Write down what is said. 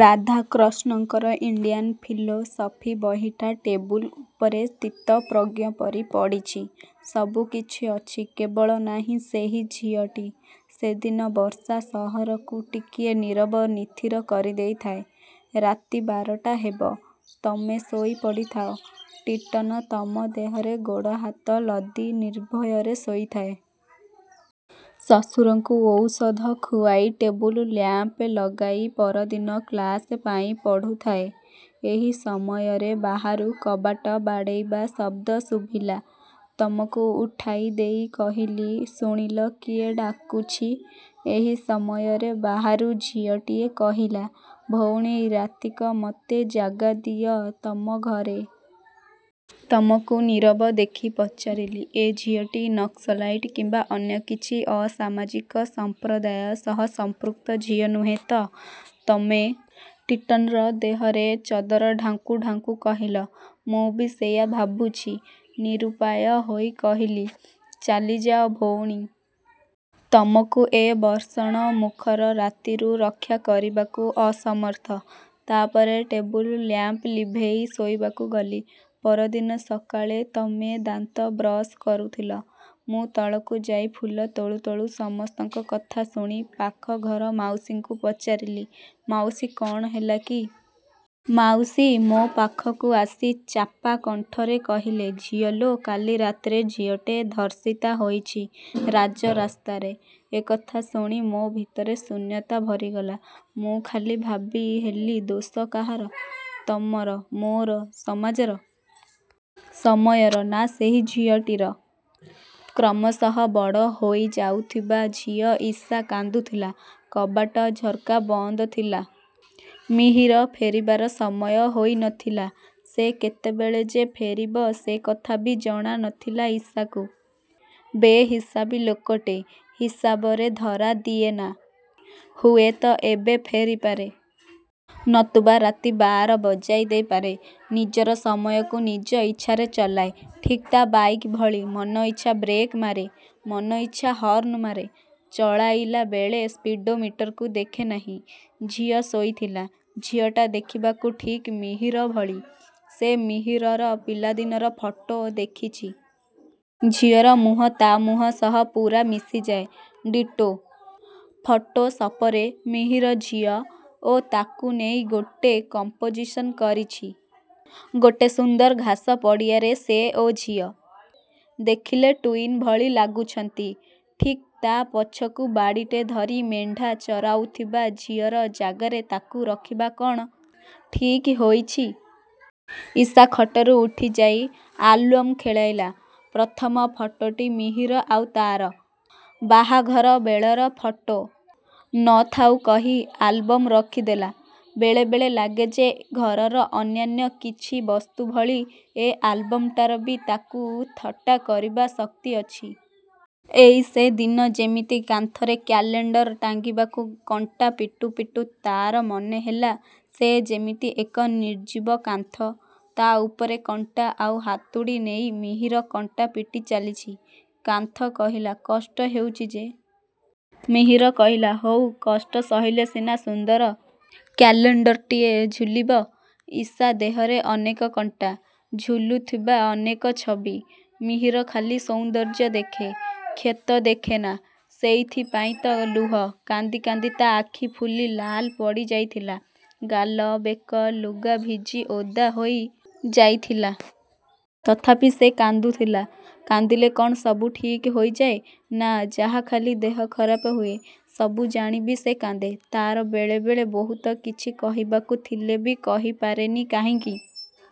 ରାଧାକ୍ରଷ୍ଣଙ୍କର Indian philosophy ବହିଟା table ଉପରେ ସ୍ଥିତପ୍ରଜ୍ଞ ପରି ପଡ଼ିଛି। ସବୁକିଛି ଅଛି କେବଳ ନାହିଁ ସେହି ଝିଅଟି। ସେ ଦିନ ବର୍ଷା ସହରକୁ ଟିକିଏ ନୀରବ ନିଥିର କରିଦେଇଥାଏ। ରାତି ବାରଟା ହେବ-। ତମେ ଶୋଇପଡ଼ିଥାଅ। ଟିଟନ ତମ ଦେହରେ ଗୋଡ଼ ହାତ ଲଦି ନିର୍ଭୟରେ ଶୋଇଥାଏ। ଶଶୁରଙ୍କୁ ଔଷଧ ଖୁଆଇ ଟେବୁଲ ଲ୍ୟାମ୍ପ ଲଗାଇ ପରଦିନ କ୍ଲାସ ପାଇଁ ପଢ଼ୁଥାଏ। ଏହି ସମୟରେ ବାହାରୁ କବାଟ ବାଡ଼େଇବା ଶବ୍ଦ ଶୁଭିଲା। ତମକୁ ଉଠାଇଦେଇ କହିଲି, ''ଶୁଣିଲ କିଏ ଡାକୁଛି? '' ଏହିସମୟରେ ବାହାରୁ ଝିଅଟିଏ କହିଲା, ''ଭଉଣୀ ରାତିକ ମତେ ଯାଗା ଦିଅ ତମ ଘରେ। '' ତମକୁ ନୀରବ ଦେଖି ପଚାରିଲି, ''ଏ ଝିଅଟି ନକ୍ସଲାଇଟ୍ କିମ୍ବା ଅନ୍ୟକିଛି ଅସମାଜିକ ସମ୍ପ୍ରଦାୟ ସହ ସଂପୃକ୍ତ ଝିଅ ନୁହେଁ ତ? '' ତମେ ଟିଟନ୍ର ଦେହରେ ଚଦର ଢାଙ୍କୁ ଢାଙ୍କୁ କହିଲ, ''ମୁଁ ବି ସେୟା ଭାବୁଛି। '' ନିରୁପାୟ ହୋଇ କହିଲି, ''ଚାଲିଯାଅ ଭଉଣୀ। ତମକୁ ଏ ବର୍ଷଣ ମୁଖର ରାତିରୁ ରକ୍ଷା କରିବାକୁ ଅସମର୍ଥ। ତା'ପରେ ଟେବୁଲ ଲ୍ୟାମ୍ପ ଲିଭେଇ ଶୋଇବାକୁ ଗଲି। '' ପରଦିନ ସକାଳେ ତମେ ଦାନ୍ତ ବ୍ରସ କରୁଥିଲ। ମୁଁ ତଳକୁ ଯାଇ ଫୁଲ ତୋଳୁ ତୋଳୁ ସମସ୍ତଙ୍କ କଥା ଶୁଣି ପାଖ ଘର ମାଉସୀଙ୍କୁ ପଚାରିଲି, ''ମାଉସୀ, କ'ଣ ହେଲା କି'? '' ମାଉସୀ ମୋ ପାଖକୁ ଆସି ଚାପା କଣ୍ଠରେ କହିଲେ, ''ଝିଅଲୋ କାଲି ରାତିରେ ଝିଅଟେ ଧର୍ଷିତା ହୋଇଛି ରାଜ ରାସ୍ତାରେ। '' ଏ କଥା ଶୁଣି ମୋ ଭିତରେ ଶୂନ୍ୟତା ଭରିଗଲା। ମୁଁ ଖାଲି ଭାବି ହେଲି ଦୋଷ କାହାର। ତମର? ମୋର? ସମାଜର? ସମୟର? ନା ସେହି ଝିଅଟିର? କ୍ରମଶଃ ବଡ଼ ହୋଇଯାଉଥିବା ଝିଅ ଈଶା କାନ୍ଦୁଥିଲା। କବାଟ ଝର୍କା ବନ୍ଦ ଥିଲା। ମିହୀର ଫେରିବାର ସମୟ ହୋଇନଥିଲା। ସେ କେତେବେଳେ ଯେ ଫେରିବ ସେ କଥା ବି ଜଣାନଥିଲା ଇଶାକୁ। ବେହିସାବୀ ଲୋକଟେ। ହିସାବରେ ଧରାଦିଏନା। ହୁଏତ ଏବେ ଫେରିପାରେ। ନତୁବା ରାତି ବାର ବଜାଇ ଦେଇପାରେ। ନିଜର ସମୟକୁ ନିଜ ଇଚ୍ଛାରେ ଚଲାଏ-। ଠିକ୍ ତା' ବାଇକ୍ ଭଳି। ମନଇଚ୍ଛା ବ୍ରେକ୍ ମାରେ। ମନଇଚ୍ଛା ହର୍ଣ୍ଣ ମାରେ। ଚଳାଇଲାବେଳେ ସ୍ପିଡ଼ୋମିଟରକୁ ଦେଖେ ନାହିଁ। ଝିଅ ଶୋଇଥିଲା। ଝିଅଟା ଦେଖିବାକୁ ଠିକ୍ ମିହୀର ଭଳି, ସେ ମିହୀରର ପିଲାଦିନର ଫଟୋ ଦେଖିଛି। ଝିଅର ମୁହଁ ତା' ମୁହଁ ସହ ପୁରା ମିଶିଯାଏ। ଡିଟୋ। ଫଟୋସପରେ ମିହୀର ଝିଅ ଓ ତାକୁ ନେଇ ଗୋଟେ କମ୍ପୋଜିସନ୍ କରିଛି। ଗୋଟେ ସୁନ୍ଦର ଘାସ ପଡ଼ିଆରେ ସେ ଓ ଝିଅ। ଦେଖିଲେ ଟୁଇନ୍ ଭଳି ଲାଗୁଛନ୍ତି। ଠିକ୍ ତା' ପଛକୁ ବାଡ଼ିଟେ ଧରି ମେଣ୍ଢା ଚରାଉଥିବା ଝିଅର ଜାଗାରେ ତାକୁ ରଖିବା କ'ଣ ଠିକ୍ ହୋଇଛି? ଈଶା ଖଟରୁ ଉଠି ଯାଇ ଆଲ୍ବମ୍ ଖେଳାଇଲା। ପ୍ରଥମ ଫଟୋଟି ମିହୀର ଆଉ ତା'ର। ବାହାଘର ବେଳର ଫଟୋ। ନ' ଥାଉ କହି ଆଲବମ୍ ରଖିଦେଲା। ବେଳେ ବେଳେ ଲାଗେ ଯେ ଘରର ଅନ୍ୟାନ୍ୟ କିଛି ବସ୍ତୁ ଭଳି ଏ ଆଲବମ୍ଟାର ବି ତାକୁ ଥଟ୍ଟା କରିବା ଶକ୍ତି ଅଛି। ଏଇ ସେ ଦିନ ଯେମିତି କାନ୍ଥରେ କ୍ୟାଲେଣ୍ଡର୍ ଟାଙ୍ଗିବାକୁ କଣ୍ଟା ପିଟୁ ପିଟୁ ତା'ର ମନେ ହେଲା, ସେ ଯେମିତି ଏକ ନିର୍ଜୀବ କାନ୍ଥ, ତା' ଉପରେ କଣ୍ଟା ଆଉ ହାତୁଡ଼ି ନେଇ ମିହୀର କଣ୍ଟା ପିଟି ଚାଲିଛି। କାନ୍ଥ କହିଲା କଷ୍ଟ ହେଉଛି ଯେ। ମିହୀର କହିଲା, 'ହଉ, କଷ୍ଟ ସହିଲେ ସିନା ସୁନ୍ଦର କ୍ୟାଲେଣ୍ଡର୍ଟିଏ ଝୁଲିବ। ' ଈଶା ଦେହରେ ଅନେକ କଣ୍ଟା। ଝୁଲୁଥିବା ଅନେକ ଛବି। ମିହୀର ଖାଲି ସୌନ୍ଦର୍ଯ୍ୟ ଦେଖେ। କ୍ଷତ ଦେଖେନା। ସେଇଥି ପାଇଁ ତ ଲୁହ। କାନ୍ଦି କାନ୍ଦି ତା' ଆଖି ଫୁଲି ଲାଲ ପଡ଼ି ଯାଇଥିଲା, ଗାଲ, ବେକ, ଲୁଗା ଭିଜି ଓଦା ହୋଇ ଯାଇଥିଲା। ତଥାପି ସେ କାନ୍ଦୁଥିଲା। କାନ୍ଦିଲେ କ'ଣ ସବୁ ଠିକ୍ ହୋଇଯାଏ? ନା। ଯାହାଖାଲି ଦେହ ଖରାପ ହୁଏ। ସବୁ ଜାଣି ବି ସେ କାନ୍ଦେ। ତା'ର ବେଳେ ବେଳେ ବହୁତ କିଛି କହିବାକୁଥିଲେ ବି କହିପାରେନି, କାହିଁକି?